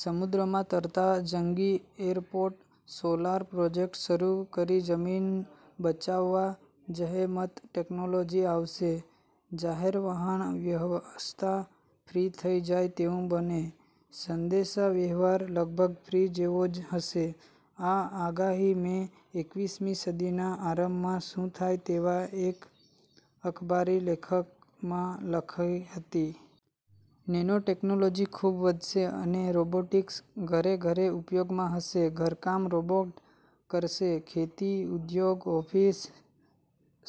સમુદ્રમાં તરતા જંગી એરપોર્ટ, સોલાર પ્રોજેક્ટ શરૂ કરી જમીન બચાવવા જહેમત, ટેકનોલોજી આવશે. જાહેર વાહન વ્યવસ્થા ફ્રી થઈ જાય તેવું બને. સંદેશા વ્યવહાર લગભગ ફ્રી જેવો જ હશે. આ આગાહી મેં એકવીસ મી સદી ના આરંભમાં શું થાય તેવા એક અખબારી લેખમાં લખી હતી. નેનો ટેકનોલોજી ખૂબ વધશે અને રોબોટિક્સ ઘરે ઘરે ઉપયોગમાં હશે. ઘરકામ રોબોટ કરશે. ખેતી, ઉદ્યોગ, ઓફિસ,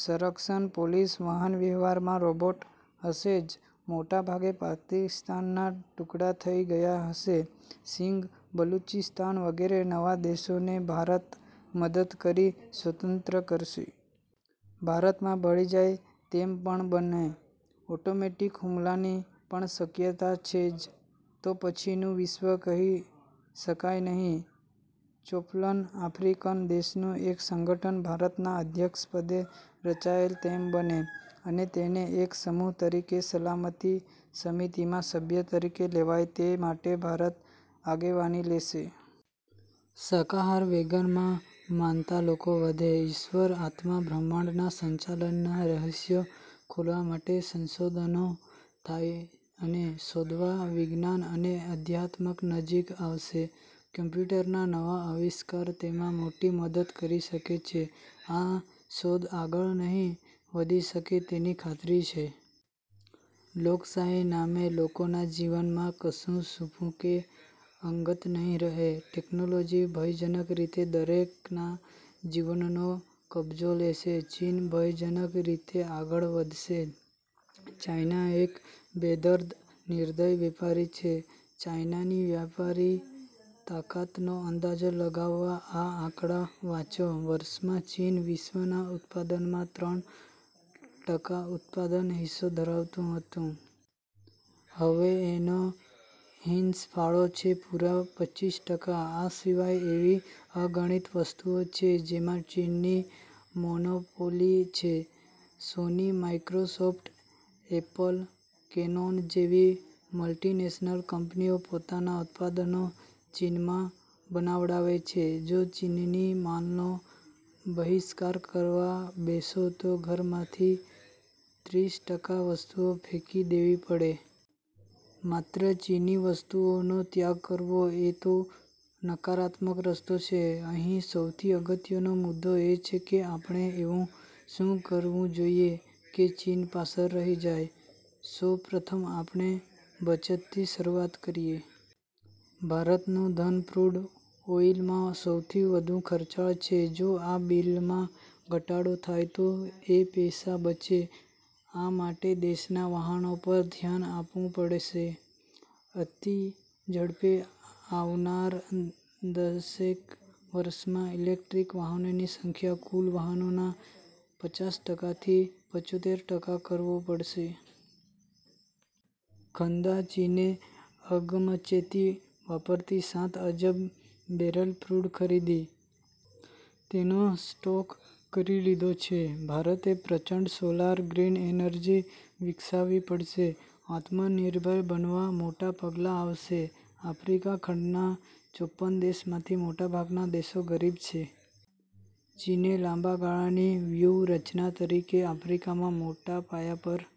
સરક્ષણ, પોલીસ, વાહન વ્યવહાર માં રોબોટ હશે જ. મોટાભાગે પાકિસ્તાનના ટુકડા થઈ ગયા હશે. સિંઘ, બલુચિસ્તાન વગેરે નવા દેશોને ભારત મદદ કરી સ્વતંત્ર કરશે. ભારતમાં ભળી જાય તેમ પણ બને. એટોમેટિક હુમલાની પણ શક્યતા છે જ. તો પછીનું વિશ્વ કહી શકાય નહિ. ચોપલન આફ્રિકન દેશનું એક સંગઠન ભારતના અધ્યક્ષ પદે રચાય તેમ બને, અને તેને એક સમૂહ તરીકે સલામતી સમિતિમાં સભ્ય તરીકે લેવાય તે માટે ભારત આગેવાની લેશે. શાકાહાર, વેગન માં માનતા લોકો વધે. ઈશ્વર, આત્મા, બ્રહ્માંડના સંચાલન ના રહસ્યો ખોલવા માટે સંશોધનો થાય અને શોધવા વિજ્ઞાન અને અધ્યાત્મક નજીક આવશે. કમ્પ્યુટર ના નવા આવિષ્કાર તેમાં મોટી મદદ કરી શકે છે. આ શોધ આગળ નહિ વધી શકે તેની ખાતરી છે. લોકશાહી નામે લોકોના જીવનમાં કશું છૂપુ કે અંગત નહિ રહે. ટેકનોલોજી ભયજનક રીતે દરેકના જીવનનો કબજો લેશે. ચીન ભયજનક રીતે આગળ વધશે. ચાઈના એક બેદર્દ, નિર્દય વેપારી છે. ચાઈનાની વ્યાપારી તાકાતનો અંદાજો લગાવવા આ આંકડા વાંચો- વર્ષ માં ચીન વિશ્વના ઉત્પાદનમાં ત્રણ ટકા ઉત્પાદન હિસ્સો ધરાવતું હતું. હવે એનો હિંસફાળો છે પૂરા પચીસ ટકા. આ સિવાય એવી અગણિત વસ્તુઓ છે જેમાં ચીનની મોનોપોલી છે. સોની, માઈક્રોસોફ્ટ, એપલ, કેનોન જેવી મલ્ટીનેશનલ કંપનીઓ પોતાનાં ઉત્પાદનો ચીનમાં બનાવડાવે છે. જો ચીનની માલનો બહિષ્કાર કરવા બેસો તો ઘરમાંથી ત્રીસ ટકા વસ્તુઓ ફેંકી દેવી પડે. માત્ર ચીની વસ્તુઓનો ત્યાગ કરવો એ તો નકારાત્મક રસ્તો છે. અહીં સૌથી અગત્યનો મુદ્દો એ છે કે આપણે એવું શું કરવું જોઈએ કે ચીન પાસળ રહી જાય? સૌ પ્રથમ આપણે બચતથી શરૂઆત કરીએ. ભારતનું ધન ક્રૂડ ઓઈલમાં સૌથી વધુ ખર્ચાળ છે. જો આ બીલમાં ઘટાડો થાય તો એ પૈસા બચે. આ માટે દેશનાં વાહનો પર ધ્યાન આપવું પડશે. અતિ ઝડપે આવનાર દશેક વર્ષમાં ઈલેકટ્રીક વાહનોની સંખ્યા કુલ વાહનોનાં પચાસ ટકા થી પંચોતેર ટકા કરવો પડશે. ખંધા ચીને અગમચેતી વાપરતી સાત અજબ બેરલ ક્રૂડ ખરીદી, તેનો સ્ટોક કરી લીધો છે. ભારતે પ્રચંડ સોલાર, ગ્રીન એનર્જી વિકસાવવી પડશે. આત્મ નિર્ભર બનવા મોટા પગલાં આવશે. આફ્રિકા ખંડના ચોપન દેશમાંથી મોટાભાગના દેશો ગરીબ છે. ચીને લાંબા ગાળાની વ્યૂહ રચના તરીકે આફ્રિકામાં મોટા પાયા પર "